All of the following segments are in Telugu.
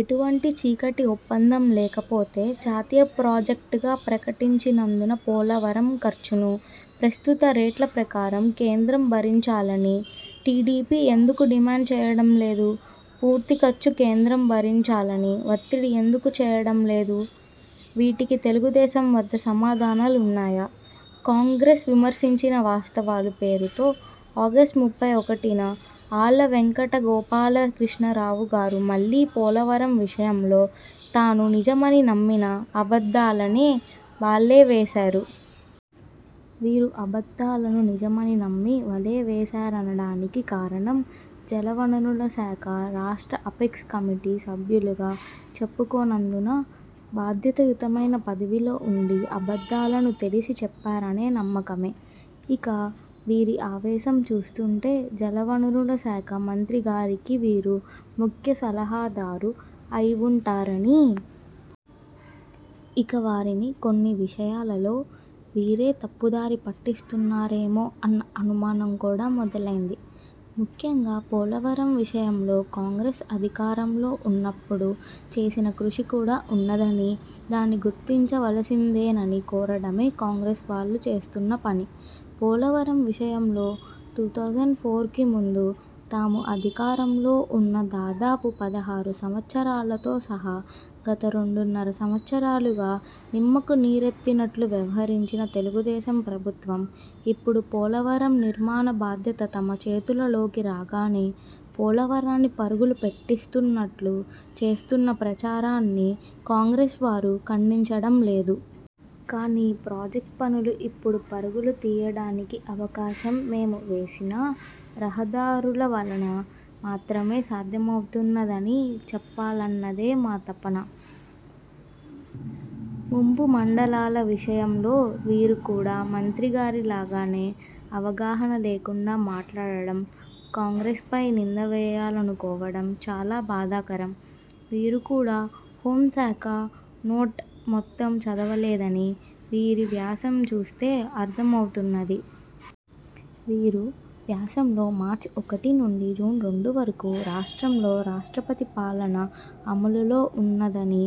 ఎటువంటి చీకటి ఒప్పందం లేకపోతే జాతీయ ప్రాజెక్టుగా ప్రకటించినందున పోలవరం ఖర్చును ప్రస్తుత రేట్ల ప్రకారం కేంద్రం భరించాలని టీడీపీ ఎందుకు డిమాండ్ చేయడం లేదు. పూర్తి ఖర్చు కేంద్రం భరించాలని వత్తిడి ఎందుకు చేయడం లేదు? వీటికి తెలుగుదేశం వద్ద సమాధానాలు ఉన్నాయా? 'కాంగ్రెస్ విమర్శించిన వాస్తవాలు' పేరుతో ఆగస్టు ముప్పై ఒకటిన ఆళ్ళ వెంకట గోపాల కృష్ణారావు గారు మళ్ళీ పోలవరం విషయంలో తాను నిజమని నమ్మిన అబద్ధాలనే వల్లెవేశారు. వీరు అబద్ధాలను నిజమని నమ్మి వల్లె వేశారనడానికి కారణం, జలవనరుల శాఖ రాష్ట్ర అపెక్స్ కమిటీ సభ్యులుగా చెప్పుకొన్నందున.. బాధ్యతాయుతమైన పదవిలో ఉండి అబద్ధాలను తెలిసీ చెప్పారు అనే నమ్మకమే. ఇక వీరి ఆవేశం చూస్తుంటే.. జలవనరుల శాఖ మంత్రి గారికి వీరు ముఖ్యసలహాదారు అయివుంటారని.. ఇక వారిని కొన్ని విషయాలలో వీరే తప్పుదారి పట్టిస్తున్నారేమో అన్న అనుమానం కూడా మొదలైంది. ముఖ్యంగా.. పోలవరం విషయంలో కాంగ్రెస్ అధికారంలో ఉన్నప్పుడు చేసిన కృషి కూడా ఉన్నదని.. దాన్ని గుర్తించవలసిందేనని కోరడమే కాంగ్రెస్ వారు చేస్తున్న పని. పోలవరం విషయంలో టూ తౌసెండ్ ఫోర్కు ముందు తాము అధికారంలో ఉన్న దాదాపు పదహరు సంవత్సరాలతో సహా గత రెండున్నర సంవత్సరాలుగా నిమ్మకు నీరెత్తినట్లు వ్యవహరించిన తెలుగుదేశం ప్రభుత్వం ఇప్పుడు పోలవరం నిర్మాణ బాధ్యత తమ చేతులలోకి రాగానే పోలవరాన్ని పరుగులు పెట్టిస్తున్నట్లు చేస్తున్న ప్రచారాన్నీ కాంగ్రెస్ వారు ఖండించడం లేదు. కానీ ప్రాజెక్ట్ పనులు ఇప్పుడు పరుగు తీయడానికి అవకాశం మేము వేసిన రహదారుల వలన మాత్రమే సాధ్యమవుతున్నదని చెప్పాలన్నదే మా తపన. ముంపు మండలాల విషయంలో వీరు కూడా మంత్రిగారి లాగానే అవగాహన లేకుండా మాట్లాడడం కాంగ్రెస్పై నింద వేయాలనుకోవడం చాలా బాధాకరం. వీరు కూడా హోం శాఖ నోట్ మొత్తం చదవలేదని వీరి వ్యాసం చూస్తే అర్ధం అవుతున్నది. వీరు వ్యాసంలో మార్చి ఒకటి నుంచి జూన్ రెండు వరకు రాష్ట్రంలో రాష్ట్రపతి పాలన అమలులో ఉన్నదని..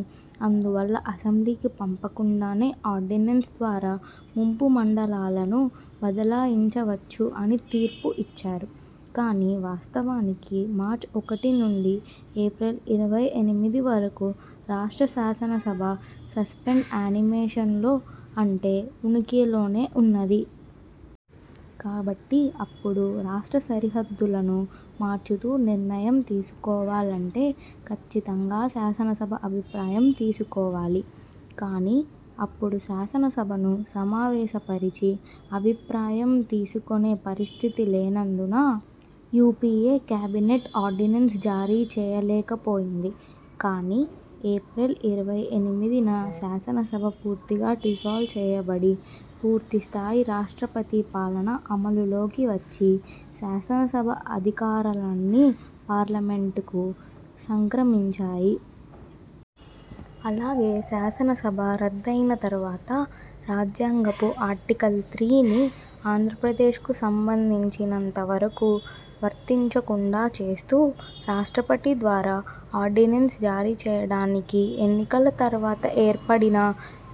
అందువల్ల అసెంబ్లీకి పంపకుండానే ఆర్డినెన్సు ద్వారా ముంపు మండలాలను బదలాయించవచ్చు అని తీర్పు ఇచ్చారు. కానీ వాస్తవానికి మార్చి ఒకటి నుంచి ఏప్రిల్ ఇరవై ఎనిమిది వరకు రాష్ట్ర శాసనసభ సస్పెండె యానిమేషన్లో అంటే ఉనికిలోనే ఉన్నది. కాబట్టి అప్పుడు రాష్ట్ర సరిహద్దులను మార్చుతూ నిర్ణయం తీసుకోవాలంటే ఖచ్చితంగా శాసనసభ అభిప్రాయం తీసుకోవాలి. కానీ అప్పుడు శాసనసభను సమావేశపరిచి అభిప్రాయం తీసుకొనే పరిస్థితి లేనందున యూపీఏ కేబినెట్ ఆర్డినెన్సు జారీ చేయలేక పోయింది. కానీ ఏప్రిల్ ఇరవై ఎనిమిదిన శాసనసభ పూర్తిగా డిస్సాల్వ్ చేయబడి పూర్తిస్థాయి రాష్ట్రపతి పాలన అమలులోకి వచ్చి శాసనసభ అధికారాలన్నీ పార్లమెంట్కు సంక్రమించాయి. అలాగే శాసన సభ రద్దు అయిన తరువాత రాజ్యాంగపు ఆర్టికల్ త్రిని.. ఆంధ్రప్రదేశ్కు సంబంధించినంత వరకు వర్తించకుండా చేస్తూ, రాష్ట్రపతి ద్వారా ఆర్డినెన్సు జారీ చేయడానికి ఎన్నికల తరువాత ఏర్పడిన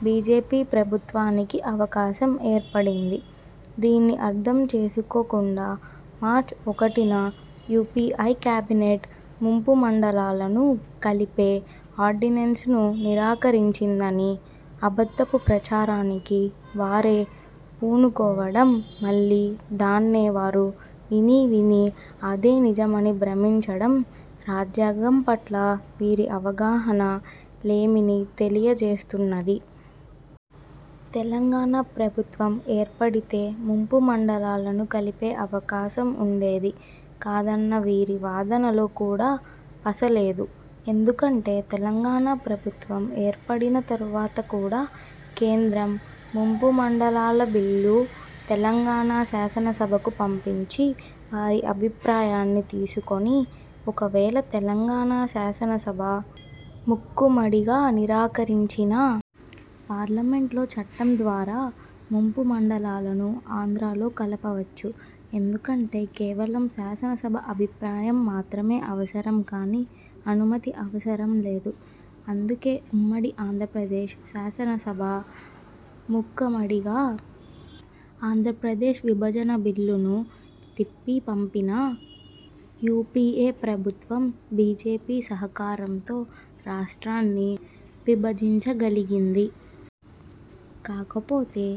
బీజేపీ ప్రభుత్వానికి అవకాశం ఏర్పడింది. దీన్ని అర్ధం చేసుకోకుండా మార్చి ఒకటిన యూపిఐ కేబినెట్ ముంపు మండలాలను కలిపే ఆర్డినెన్సును నిరాకరించిందని అబద్ధపు ప్రచారానికి వారే పూనుకోవడం మళ్ళీ దాన్నే వారు విని, విని అదే నిజమని భ్రమించండం రాజ్యాంగం పట్ల వీరి అవగాహన లేమిని తెలియచేస్తున్నది. తెలంగాణ ప్రభుత్వం ఏర్పడితే ముంపు మండలాలను కలిపే అవకాశం ఉండేది కాదన్న వీరి వాదనలో కూడా పస లేదు. ఎందుకంటే తెలంగాణ ప్రభుత్వం ఏర్పడిన తరువాత కూడా, కేంద్రం ముంపు మండలాల బిల్లు తెలంగాణ శాసనసభకు పంపించి వారి అభిప్రాయాన్ని తీసుకొని, ఒక వేళ తెలంగాణ శాసనసభ మూక్కుమ్మడిగా నిరాకరించినా.. పార్లమెంట్లో చట్టం ద్వారా ముంపు మండలాలను ఆంధ్రలో కలపవచ్చు. ఎందుకంటే కేవలం శాసనసభ అభిప్రాయం మాత్రమే అవసరం కానీ అనుమతి అవసరం లేదు. అందుకే ఉమ్మడి ఆంధ్రప్రదేశ్ శాసనసభ మూక్కమడిగా ఆంధ్రప్రదేశ్ విభజన బిల్లును తిప్పి పంపినా యూపీఏ ప్రభుత్వం బీజేపీ సహకారంతో రాష్ట్రాన్ని విభజించగలిగింది. కాకపోతే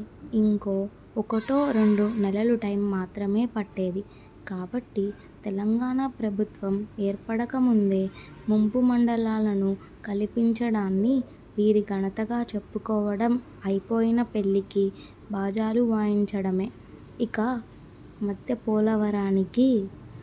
ఇంకో ఒకటో రెండు నెలలు టైం మాత్రమే పట్టేది. కాబట్టి తెలంగాణ ప్రభుత్వం ఏర్పడక ముందే ముంపు మండలాలను కలిపించడాన్ని వీరి ఘనతగా చెప్పుకోవడం అయిపోయిన పెళ్లికి బాజాలు వాయించడమే. ఇక మధ్య పోలవరానికి